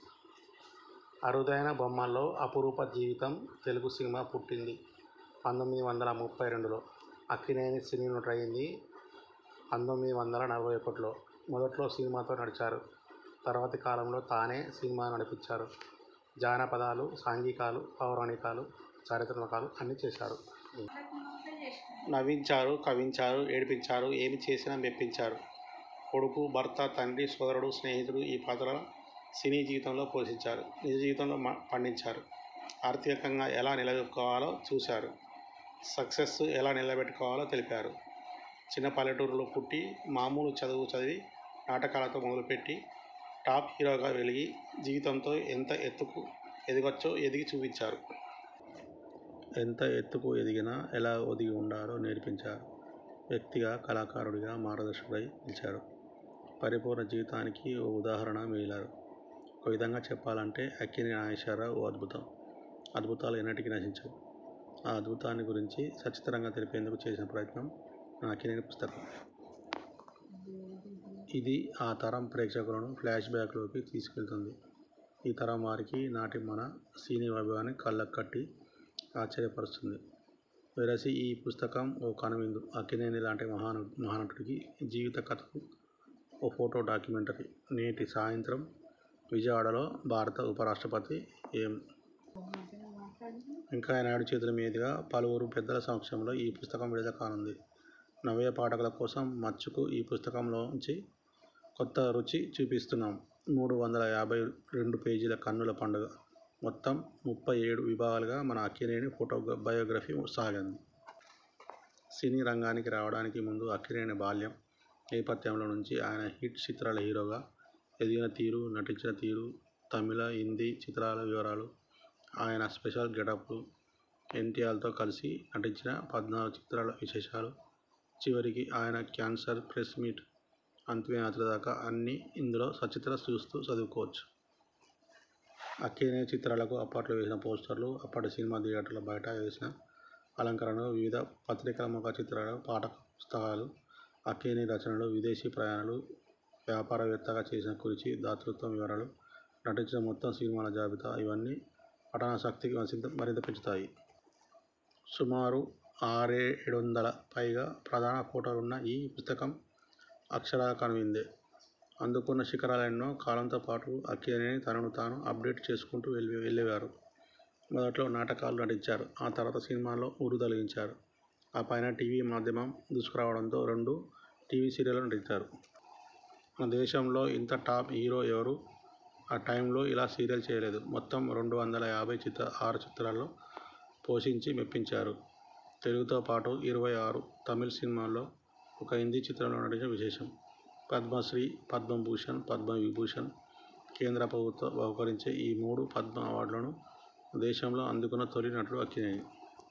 అరుదైన బొమ్మల్లో అపురూప జీవితం తెలుగు సినిమా పుట్టింది పంతొమ్మిది వందల ముప్పై రెండులో! అక్కినేని సినీ నటు డైంది పంతొమ్మిది వందల నలభై ఒకటిలో! మొదట్లో సినిమాతో నడిచారు! తర్వాతి కాలంలో తానే సినిమాను నడిపించారు! జాన పదాలు సాంఘికాలు పౌరాణికాలు చరిత్రాత్మకాలు అన్నీ చేశారు! నవ్వించారు కవ్వించారు ఏడ్పించారు ఏమి చేసినా మెప్పించారు! కొడుకు ,భర్త, తండ్రి ,సోదరుడు, స్నేహితుడు ఈ పాత్రలను సినీ జీవితంలో పోషించారు నిజ జీవితంలో పండించారు! ఆర్థికంగా ఎలా నిలదొక్కుకోవాలో చూసారు! సక్సెస్ను ఎలా నిల బెట్టుకోవాలో తెలిపారు! చిన్న పల్లెటూరులో పుట్టి మామూలు చదువు చదివి నాటకాలతో మొదలు పెట్టి టాప్ హీరోగా వెలిగి జీవితంతో ఎంత ఎత్తుకు ఎదగొచ్చో ఎదిగి చూపించారు! ఎంత ఎత్తుకు ఎదిగినా ఎలా ఒది గుండాలో నేర్పించారు! వ్యక్తిగా కళాకారుడిగా మార్గదర్శకుడై నిలిచారు! పరిపూర్ణ జీవితానికి ఓ ఉదాహరణగా మిగిలారు! ఒక విధంగా చెప్పాలంటే అక్కినేని నాగేశ్వరరావు ఓ అద్భుతం! అద్భుతాలు ఎన్నటికీ నశించవు! ఆ అద్భుతాన్ని గురించి సచిత్రంగా తెలిపేందుకు చేసిన ప్రయత్నం మన అక్కినేని పుస్తకం! ఇది ఆ తరం ప్రేక్షకులను ఫ్లాష్ బ్యాక్ లోకి తీసుకుకెళుతుంది. ఈ తరం వారికి నాటి మన సినీ వైభవాన్ని కళ్ళకు కట్టి, ఆశ్చర్యపరుస్తుంది. వెరసి ఈ పుస్తకం ఓ కనువిందు అక్కినేని లాంటి మహానటుడి జీవిత కథకు ఓ ఫోటో డాక్యుమెంటరీ. నేటి సాయంత్రం విజయవాడలో భారత ఉపరాష్ట్రపతి ఏం. వెంకయ్యనాయుడు చేతుల మీదుగా పలువురు పెద్దల సమక్షంలో ఈ పుస్తకం విడుదల కానుంది. నవ్య పాఠకుల కోసం మచ్చుకు ఈ పుస్తకంలో నుంచి కొంత రుచి చూపిస్తున్నాం. మూడు వందల యాభై రెండు పేజీల కన్నుల పండుగ మొత్తం ముప్పై ఏడు విభాగాలుగా ఈ మన అక్కినేని ఫోటో గ్రాఫీ బయోగ్రఫీ సాగింది. సినీ రంగానికి రావడానికి ముందు అక్కినేని బాల్యం, నేపథ్యంలో నుంచి ఆయన హిట్ చిత్రాల హీరోగా ఎదిగిన తీరు, నటించిన తీరు తెలుగు, తమిళ, హిందీ చిత్రాల వివరాలు, ఆయన స్పెషల్ గెట్పలు, ఎన్టీయార్తో కలసి నటించిన పద్నాలుగు చిత్రాల విశేషాలు, చివరికి ఆయన క్యాన్సర్ ప్రెస్ మీట్, అంతిమ యాత్ర దాకా అన్నీ ఇందులో సచిత్ర చూస్తూ, చదువుకోవచ్చు. అక్కినేని చిత్రాలకు అప్పట్లో వేసిన పోస్టర్లు, అప్పటి సినిమా థియేటర్ల బయట చేసిన అలంకరణలు, వివిధ పత్రికల ముఖ చిత్రాలు, పాటల పుస్తకాలు, అక్కినేని రచనలు, విదేశీ ప్రయాణాలు, వ్యాపార వేత్తగా చేసిన కృషి, దాతృత్వ వివరాలు, నటించిన మొత్తం సినిమాల జాబితా ఇవన్నీ పఠనాసక్తిని మరింత పెంచుతాయి. సుమారు ఆరేడొందల పైగా ప్రధాన ఫోటోలున్న ఈ పుస్తకం అక్షరాలా కనువిందే! అందుకున్న శిఖరాలెన్నో! కాలంతో పాటు అక్కినేని తనను తాను అప్ డేట్ చేసుకుంటూ వెళ్ళేవారు. మొదట్లో నాటకాలు నటించారు. ఆ తర్వాత సినిమాల్లో ఉర్రూతలూగించారు. ఆ పైన టీవీ మాధ్యమం దూసుకురావడంతో రెండు టీవీ సీరియల్స్లో నటించారు. మన దేశంలో ఇంత టాప్ హీరో ఎవరూ ఆ టైమ్లో ఇలా సీరియల్స్ చేయలేదు. మొత్తం రెండు వందల యాభై చిత్రాలు ఆరు చిత్రాల్లో పోషించి, మెప్పించారు. తెలుగుతో పాటు ఇరవై ఆరు తమిళ సినిమాల్లో, ఒక హిందీ చిత్రం లో నటించడం విశేషం. పద్మశ్రీ, పద్మభూషణ్, పద్మ విభూషణ కేంద్ర ప్రభుత్వం బహూకరించే ఈ మూడు 'పద్మ' అవార్డులనూ దేశంలో అందుకున్న తొలి నటుడు అక్కినేని.